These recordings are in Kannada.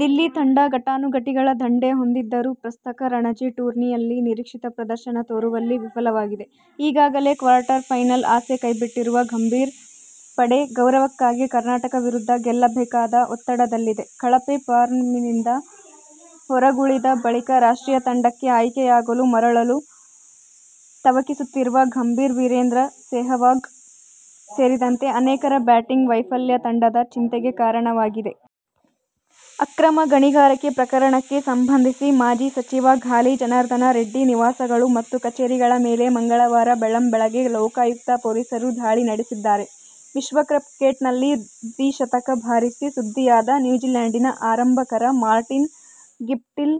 ದಿಲ್ಲಿ ತಂಡ ಘಟಾನುಘಟಿಗಳ ದಂಡೇ ಹೊಂದಿದ್ದರೂ ಪ್ರಸಕ್ತ ರಣಜಿ ಟೂರ್ನಿಯಲ್ಲಿ ನಿರೀಕ್ಷಿತ ಪ್ರದರ್ಶನ ತೋರುವಲ್ಲಿ ವಿಫಲವಾಗಿದೆ. ಈಗಾಗಲೇ ಕ್ವಾರ್ಟರ್ ಫೈನಲ್ ಆಸೆ ಕೈಬಿಟ್ಟಿರುವ ಗಂಭೀರ್ ಪಡೆ, ಗೌರವಕ್ಕಾಗಿ ಕರ್ನಾಟಕ ವಿರುದ್ಧ ಗೆಲ್ಲಬೇಕಾದ ಒತ್ತಡದಲ್ಲಿದೆ. ಕಳಪೆ ಫಾರ್ಮ್ನಿಂದ ಹೊರಗುಳಿದ ಬಳಿಕ ರಾಷ್ಟ್ರೀಯ ತಂಡಕ್ಕೆ ಆಯ್ಕೆಯಾಗಲು ಮರಳಲು ತವಕಿಸುತ್ತಿರುವ ಗಂಭೀರ್, ವೀರೇಂದ್ರ ಸೆಹವಾಗ್ ಸೇರಿದಂತೆ ಆನೇಕರ ಬ್ಯಾಟಿಂಗ್ ವೈಫಲ್ಯ ತಂಡದ ಚಿಂತೆಗೆ ಕಾರಣವಾಗಿದೆ. ಅಕ್ರಮ ಗಣಿಗಾರಿಕೆ ಪ್ರಕರಣಕ್ಕೆ ಸಂಬಂಧಿಸಿ ಮಾಜಿ ಸಚಿವ ಗಾಲಿ ಜನಾರ್ದನ ರೆಡ್ಡಿ ನಿವಾಸಗಳು ಮತ್ತು ಕಚೇರಿಗಳ ಮೇಲೆ ಮಂಗಳವಾರ ಬೆಳ್ಳಂಬೆಳಗೆ ಲೋಕಾಯುಕ್ತ ಪೊಲೀಸರು ದಾಳಿ ನಡೆಸಿದ್ದಾರೆ. ವಿಶ್ವಕಪ್ ಕ್ರಿಕೆಟ್ನಲ್ಲಿ ದ್ವಿಶತಕ ಬಾರಿಸಿ ಸುದ್ದಿಯಾದ ನ್ಯೂಜಿಲ್ಯಾಂಡಿನ ಆರಂಭಕಾರ ಮಾರ್ಟಿನ್ ಗಪ್ಟಿಲ್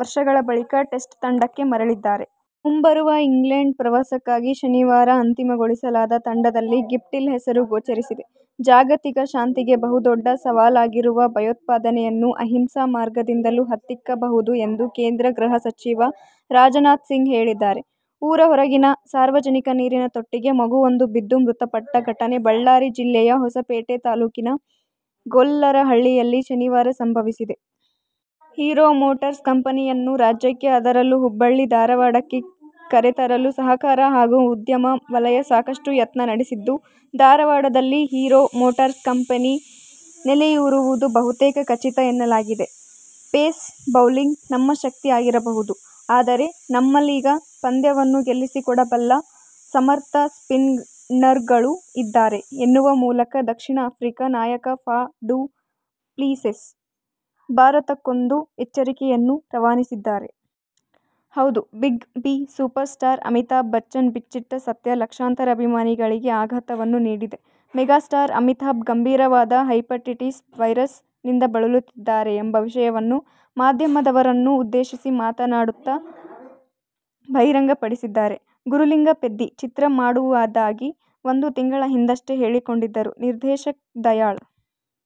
ವರ್ಷಗಳ ಬಳಿಕ ಟೆಸ್ಟ್ ತಂಡಕ್ಕೆ ಮರಳಿದ್ದಾರೆ. ಮುಂಬರುವ ಇಂಗ್ಲೆಂಡ್ ಪ್ರವಾಸಕ್ಕಾಗಿ ಶನಿವಾರ ಅಂತಿಮಗೊಳಿಸಲಾದ ತಂಡದಲ್ಲಿ ಗಪ್ಟಿಲ್ ಹೆಸರು ಗೋಚರಿಸಿದೆ. ಜಾಗತಿಕ ಶಾಂತಿಗೆ ಬಹುದೊಡ್ಡ ಸವಾಲಾಗಿರುವ ಭಯೋತ್ಪಾದನೆಯನ್ನು ಅಹಿಂಸಾ ಮಾರ್ಗದಿಂದಲೂ ಹತ್ತಿಕ್ಕಬಹುದು ಎಂದು ಕೇಂದ್ರ ಗೃಹ ಸಚಿವ ರಾಜನಾಥಸಿಂಗ್ ಹೇಳಿದ್ದಾರೆ. ಊರ ಹೊರಗಿನ ಸಾರ್ವಜನಿಕ ನೀರಿನ ತೊಟ್ಟಿಗೆ ಮಗುವೊಂದು ಬಿದ್ದು ಮೃತಪಟ್ಟ ಘಟನೆ ಬಳ್ಳಾರಿ ಜಿಲ್ಲೆಯ ಹೊಸಪೇಟೆ ತಾಲೂಕಿನ ಗೊಲ್ಲರಹಳ್ಳಿಯಲ್ಲಿ ಶನಿವಾರ ಸಂಭವಿಸಿದೆ. ಹೀರೋ ಮೋಟಾರ್ಸ್ ಕಂಪೆನಿಯನ್ನು ರಾಜ್ಯಕ್ಕೆ ಅದರಲ್ಲೂ ಹುಬ್ಬಳ್ಳಿ- ಧಾರವಾಡಕ್ಕೆ ಕರೆತರಲು ಸರಕಾರ ಹಾಗೂ ಉದ್ಯಮ ವಲಯ ಸಾಕಷ್ಟು ಯತ್ನ ನಡೆಸುತ್ತಿದ್ದು, ಧಾರವಾಡದಲ್ಲಿ ಹೀರೋ ಮೋಟಾರ್ಸ್ ಕಂಪೆನಿ ನೆಲೆಯೂರುವುದು ಬಹುತೇಕ ಖಚಿತ ಎನ್ನಲಾಗಿದೆ. "ಪೇಸ್ ಬೌಲಿಂಗ್ ನಮ್ಮ ಶಕ್ತಿ ಆಗಿರಬಹುದು, ಆದರೆ ನಮ್ಮಲ್ಲೀಗ ಪಂದ್ಯವನ್ನು ಗೆಲ್ಲಿಸಿಕೊಡಬಲ್ಲ ಸಮರ್ಥ ಸ್ಪಿನ್ನರ್ಗಳೂ ಇದ್ದಾರೆ' ಎನ್ನುವ ಮೂಲಕ ದಕ್ಷಿಣ ಆಫ್ರಿಕಾ ನಾಯಕ ಫಾ ಡು ಪ್ಲೆಸಿಸ್ ಭಾರತಕ್ಕೊಂದು ಎಚ್ಚರಿಕೆಯನ್ನು ರವಾನಿಸಿದ್ದಾರೆ. ಹೌದು big B, super star Amitabh Bachchan ಬಿಚ್ಚಿಟ್ಟ ಸತ್ಯ ಲಕ್ಷಾಂತರ ಅಭಿಮಾನಿಗಳಿಗೆ ಆಘಾತವನ್ನು ನೀಡಿದೆ. ಮೆಗಾಸ್ಟಾರ್ ಅಮಿತಾಬ್ ಗಂಭೀರವಾದ ಹೆಪಟೈಟಿಸ್ ವೈರಸ್ ನಿಂದ ಬಳಲುತ್ತಿದ್ದಾರೆ ಎಂಬ ವಿಷಯವನ್ನು ಮಾಧ್ಯಮದವರನ್ನು ಉದ್ದೇಶಿಸಿ ಮಾತನಾಡುತ್ತ ಬಹಿರಂಗಪಡಿಸಿದ್ದಾರೆ. "ಗುರುಲಿಂಗ ಪೆದ್ದಿ' ಚಿತ್ರ ಮಾಡುವುದಾಗಿ ಒಂದು ತಿಂಗಳ ಹಿಂದಷ್ಟೇ ಹೇಳಿಕೊಂಡಿದ್ದರು ನಿರ್ದೇಶಕ ದಯಾಳ್.